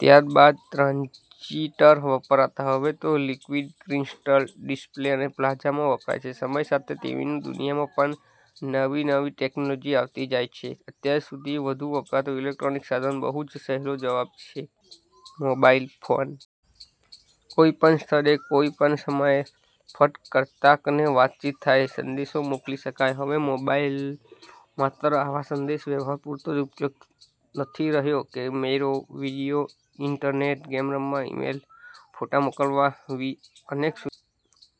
ત્યાર બાદ ટ્રાન્ઝીટર વપરાતાં. હવે તો લીક્વીડ ક્રિસ્ટલ ડિસ્પ્લે અને પ્લાઝમા વપરાય છે. સમય સાથે ટીવીની દુનિયામાં પણ નવી નવી ટેકનોલોજી આવતી જાય છે. અત્યારે સૌથી વધુ વપરાતું ઈલેક્ટ્રોનિક સાધન કયું? બહુ જ સહેલો જવાબ છે મોબાઈલ ફોન! કોઈ પણ સ્થળે, કોઈ પણ સમયે ફટ કરતાંકને વાતચીત થાય, સંદેશા મોકલી શકાય. હવે મોબાઈલનો માત્ર આવા સંદેશા વ્યવહાર પુરતો જ ઉપયોગ નથી રહ્યો. કેમેરા, વિડીયો, ઈન્ટરનેટ, ગેમ રમવા, ઈમેલ, ફોટા મોકલવા વિ અનેક સુવિધાઓ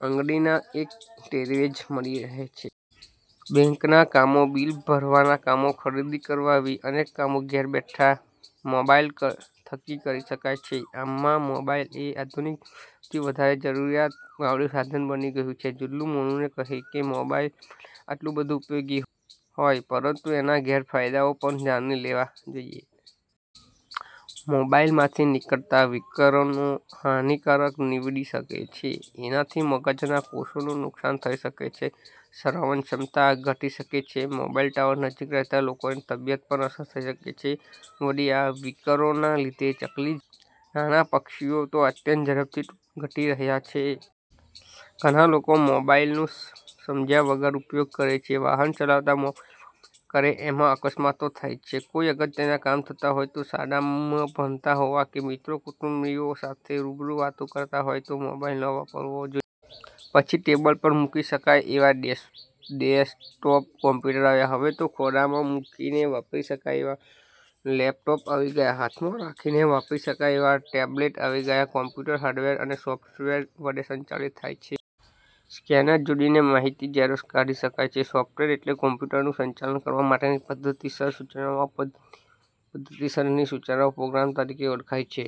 આંગળીના એક ટેરવે જ મળી રહે છે. બેંકના કામો, બીલ ભરવાના કામો, ખરીદી કરવા વિ અનેક કામો ઘેર બેઠાં મોબાઈલ થકી કરી શકાય છે. આમ મોબાઈલ એ આધુનિક યુગનું સૌથી વધારે જરૂરીયાત વાળું સાધન બની ગયું છે. જુલ્લુ મોનુને કહે કે મોબાઈલ ભલે આટલું બધું ઉપયોગી હોય પરંતુ એના ગેરફાયદાઓ પણ જાણી લેવા જોઈએ. મોબાઈલમાંથી નીકળતા વિકિરણો હાનીકારક નીવડી શકે છે. એનાથી મગજના કોષોને નુકસાન થઇ શકે છે, શ્રવણ ક્ષમતા ઘટી શકે છે. મોબાઈલ ટાવર નજીક રહેતા લોકોની તબિયત પર અસર થઇ શકે છે. વળી આ વિકિરણોને લીધે ચકલી જેવાં નાનાં પક્ષીઓ તો અત્યંત ઝડપથી ઘટી રહ્યાં છે. ઘણા લોકો મોબાઈલનો સમજ્યા વગર ઉપયોગ કરે છે. વાહન ચલાવતાં મોબાઈલ વાપર્યા કરે એમાં અકસ્માતો થાય છે. કોઈ અગત્યના કામ થતા હોય, શાળામાં ભણતા હોવ કે મિત્રો-કુટુંબીઓ સાથે રૂબરૂ વાતો કરતા હો ત્યારે મોબાઈલ ન વાપરવો જોઈએ. પછી ટેબલ પર મૂકી શકાય એવા ડેસ્કટોપ કોમ્પુટર આવ્યા. હવે તો ખોળામાં મુકીને વાપરી શકાય એવા લેપટોપ આવી ગયા. હાથમાં રાખીને વાપરી શકાય એવા ટેબ્લેટ આવી ગયા. કોમ્પ્યુટર હાર્ડવેર અને સોફ્ટવેર વડે સંચાલિત થાય છે. સ્કેનર જોડીને માહિતીની ઝેરોક્ષ કાઢી શકાય છે. સોફ્ટવેર એટલે કોમ્પ્યુટરનું સંચાલન કરવા માટેની પધ્ધતિસર સૂચનાઓ. આ પધ્ધતિસરની સૂચનાઓ પ્રોગ્રામ તરીકે ઓળખાય છે.